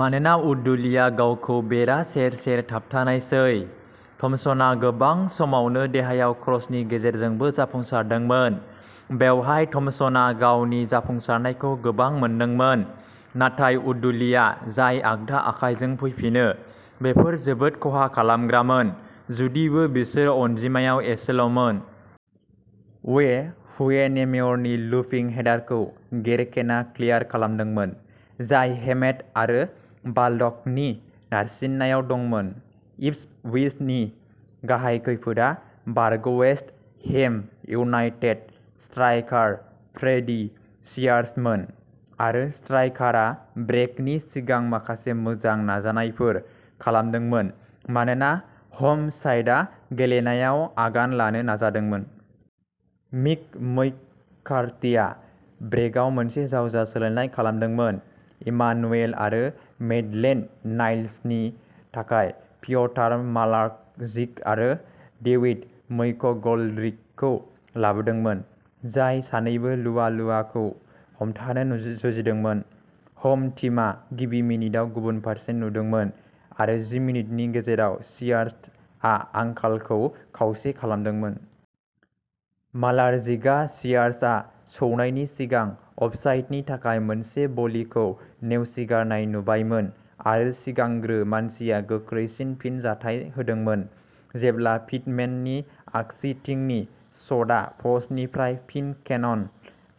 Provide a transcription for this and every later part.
मानोना वुडलीया गावखौ बेरा सेर-सेर थाबथानायसै, थम्पसनआ गोबां समावनो देहायाव क्रसनि गेजेरजोंबो जाफुंसारदोंमोन। बेवहाय थम्पसनआ गावनि जाफुंसारनायखौ गोबां मोनदोंमोन, नाथाय वुडलीआ जाय आगदा आखाइजों फैफिनो, बेफोर जोबोद खहा खालामग्रामोन, जुदिबो बिसोर अनजिमायाव एसेल'मोन। उवे हुएनेमेयरनि लुपिं हेडारखौ गेरकेनआ क्लियार खालामदोंमोन, जाय हेमेड आरो बाल्डकनि नारसिननायाव दंमोन। इप्सविचनि गाहाय खैफोदआ बारग'वेस्ट हैम इउनाइटेड स्ट्राइकार फ्रेडी सियार्समोन, आरो स्ट्राइकारआ ब्रेकनि सिगां माखासे मोजां नाजानायफोर खालामदोंमोन मानोना ह'म साइडआ गेलेनायाव आगान लानो नाजादोंमोन। मिक मैककार्थिआ ब्रेकआव मोनसे जावजा सोलायनाय खालामदोंमोन, इमानुएल आरो मैटलेन्ड-नाइल्सनि थाखाय पिय'टर मालार्कजिक आरो डेविड मैकग'ल्ड्रिकखौ लाबोदोंमोन, जाय सानैबो लुआलुआखौ हमथानो जुजिदोंमोन। ह'म टीमआ गिबि मिनिटआव गुबुन फारसे नुदोंमोन-आरो जि मिनिटनि गेजेराव सियार्सआ आंखालखौ खावसे खालामदोंमोन। मालारजिकआ सियार्सआ सौनायनि सिगां अफसाइडनि थाखाय मोनसे भलिखौ नेवसिगारनाय नुबायमोन, आरो सिगांग्रो मानसिया गोख्रैसिन फिनजाथाय होदोंमोन जेब्ला पिटमेननि आगसिथिंनि शटआ प'स्टनिफ्राय फिन केनन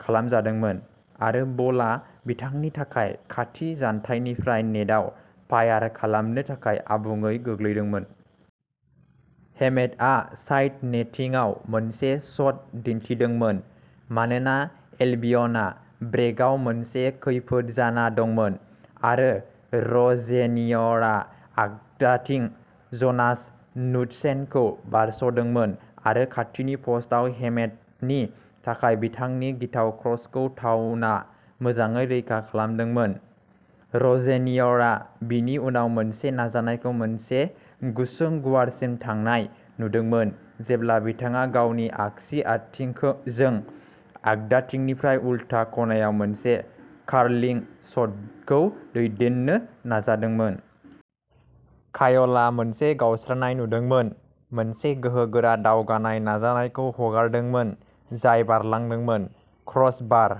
खालामजादोंमोन, आरो बलआ बिथांनि थाखाय खाथि जानथायनिफ्राय नेटआव फायार खालामनो थाखाय आबुङै गोग्लैदोंमोन। हेमेडआ साइड नेटिंआव मोनसे शट दिन्थिदोंमोन, मानोना एल्बियनआ ब्रेकआव मोनसे खैफोद जाना दंमोन; आरो र'जेनिय'रआ आगदाथिं ज'नास नुडसेनखौ बारस'दोंमोन आरो खाथिनि प'स्टआव हेमेडनि थाखाय बिथांनि गिथाव क्रसखौ टाउनआ मोजाङै रैखा खालामदोंमोन। र'जेनिय'रआ बिनि उनाव मोनसे नाजानायखौ मोनसे गुसुं गुवारसिम थांनाय नुदोंमोन जेब्ला बिथाङा गावनि आगसि आथिंजों आगदाथिंनिफ्राय उलथा खनायाव मोनसे कार्लिं शटखौ दैदेननो नाजादोंमोन। कायलआ मोनसे गावस्रानाय नुदोंमोन, मोनसे गोहोगोरा, दावगानाय नाजानायखौ हगारदोंमोन जाय बारलांदोंमोन। क्रस बार।